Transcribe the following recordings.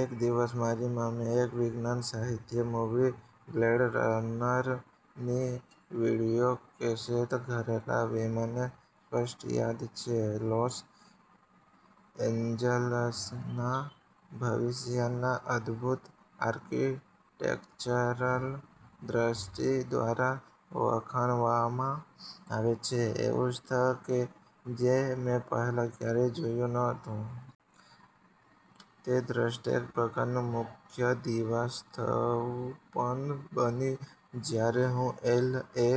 એક દીવસ, મારી મમ્મી એક વિજ્ઞાન-સાહિત્ય મૂવી "બ્લૅડ રનર" ની વિડિઓકેસેટ ઘરે લાવી. મને સ્પષ્ટ યાદ છે લોસ એન્જલસના ભવિષ્યના અદભૂત આર્કિટેક્ચરલ દ્રષ્ટિ દ્વારા, વખાણવામાં આવે છે, એવું સ્થળ કે જે મેં પહેલાં ક્યારેય જોયું ન હતું. તે દ્રષ્ટિ એક પ્રકારનુ મુખ્ય દિવાસ્વપ્ન બની. જ્યારે હું એલ. એ.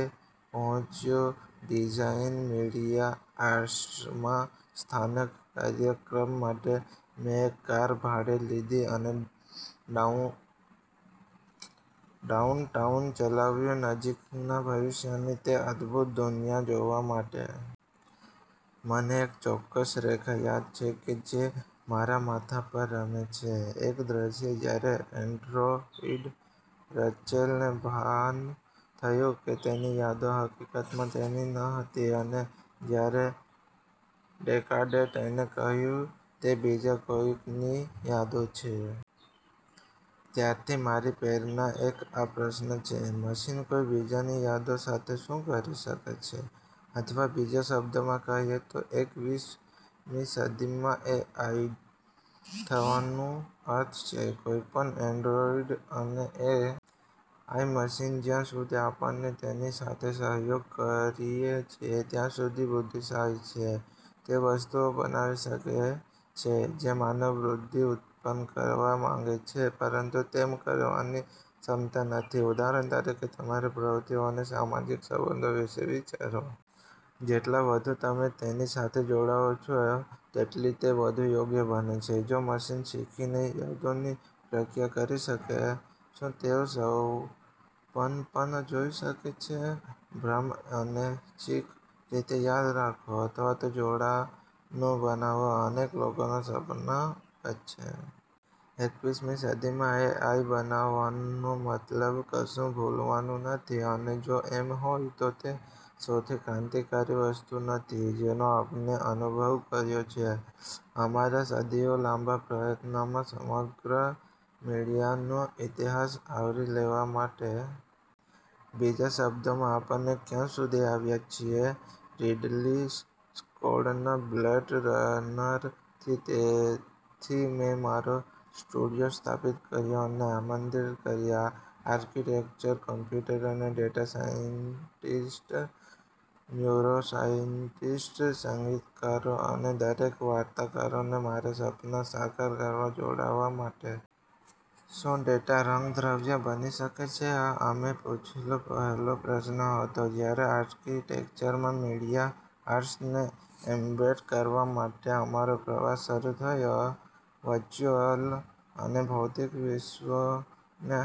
પહોચ્યો ડિઝાઇન મીડિયા આર્ટ્સમાં સ્નાતક કાર્યક્રમ માટે, મેં એક કાર ભાડે લીધી અને ડાઉનટાઉન ચલાવ્યું નજીકના ભવિષ્યની તે અદભૂત દુનિયા જોવા માટે. મને એક ચોક્કસ રેખા યાદ છે કે જે મારા માથા પર રમે છે: એક દ્રશ્ય જ્યારે એન્ડ્રોઇડ રચેલ ને ભાન થયું કે તેની યાદો હકીકતમાં તેની ન હતી, અને જ્યારે ડેકાર્ડએ તેણીને કહ્યુ તે બીજા કોઈક ની યાદો છે. ત્યારથી, મારી પ્રેરણા એક આ પ્રશ્ન છે. મશીન કોઈ બીજાની યાદો સાથે શું કરી શકે છે? અથવા બીજા શબ્દોમાં કહીએ તો, એકવીસમી સદીમાં એ. આઈ થવાનો શું અર્થ છે? કોઈપણ એન્ડ્રોઇડ અને એ. આઈ મશીન જ્યાં સુધી આપણે તેની સાથે સહયોગ કરીએ છીએ ત્યાં સુધી બુદ્ધિશાળી છે. તે વસ્તુઓ બનાવી શકે છે, જે માનવ-બુદ્ધિ ઉત્પન્ન કરવા માગે છે પરંતુ તેમ કરવાની ક્ષમતા નથી. ઉદાહરણ તરીકે, તમારી પ્રવૃત્તિઓ અને સામાજિક સબંધો વિષે વિચારો. જેટલા વધુ તમે તેની સાથે જોડાઓ છો તેટલી તે વધુ યોગ્ય બને છે. જો મશીન શીખી ને યાદોની પ્રક્રિયા કરી શકે, શું તેઓ સ્વપ્ન પણ જોઈ શકે છે? ભ્રમ? અનૈચ્છિક રીતે યાદ રાખો, અથવા જોડાણો બનાવો અનેક લોકોના સપના વચ્ચે? એકવીસમી સદી માં એ. આઈ બનવાનો મતલબ કશુ ભૂલવાનું નથી? અને, જો એમ હોય તો, તે સૌથી ક્રાંતિકારી વસ્તુ નથી જેનો આપણે અનુભવ કર્યો છે અમારા સદીઓ-લાંબા પ્રયત્નમાં સમગ્ર મીડિયાનો ઇતિહાસ આવરી લેવા માટે? બીજા શબ્દોમાં, આપણે ક્યાં સુધી આવ્યા છીએ રીડલી સ્કોટના "બ્લેડ રનર" થી? તેથી મેં મારો સ્ટુડિયો સ્થાપિત કર્યો અને આમંત્રિત કર્યા આર્કિટેક્ટ્સ, કોમ્પ્યુટર અને ડેટા સાયન્ટિસ્ટ, ન્યુરોસાયન્ટિસ્ટ, સંગીતકારો અને દરેક વાર્તાકારોને મારા સપના સાકાર કરવા જોડાવા માટે. શું ડેટા રંગદ્રવ્ય બની શકે છે? આ અમે પુછેલો પહેલો પ્રશ્ન હતો જ્યારે આર્કીટેક્ચરમાં મીડિયા આર્ટ્સને એમ્બેડ કરવા માટે અમારો પ્રવાસ શરૂ થયો, વર્ચ્યુઅલ અને ભૌતિક વિશ્વોને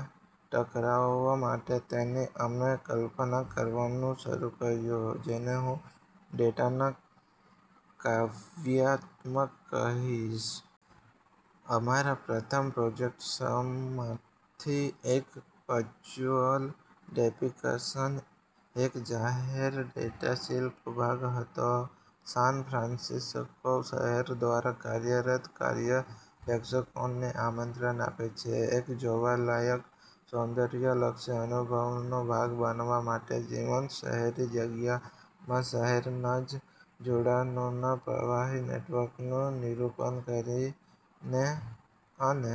ટકરાવવા માટે. તેથી અમે કલ્પના કરવાનું શરૂ કર્યું જેને હું ડેટાના કાવ્યાત્મક કહીશ. અમારા પ્રથમ પ્રોજેક્ટ્સમાંથી એક, "વર્ચ્યુઅલ ડેપીકસન", એક જાહેર ડેટા શિલ્પ ભાગ હતો સાન ફ્રાન્સિસ્કો શહેર દ્વારા કાર્યરત. કાર્ય પ્રેક્ષકોને આમંત્રણ આપે છે એક જોવાલાયક સૌંદર્યલક્ષી અનુભવનો ભાગ બનવા માટે જીવંત શહેરી જગ્યા માં શહેરના જ જોડાણોના પ્રવાહી નેટવર્કનું નિરૂપણ કરીને. અને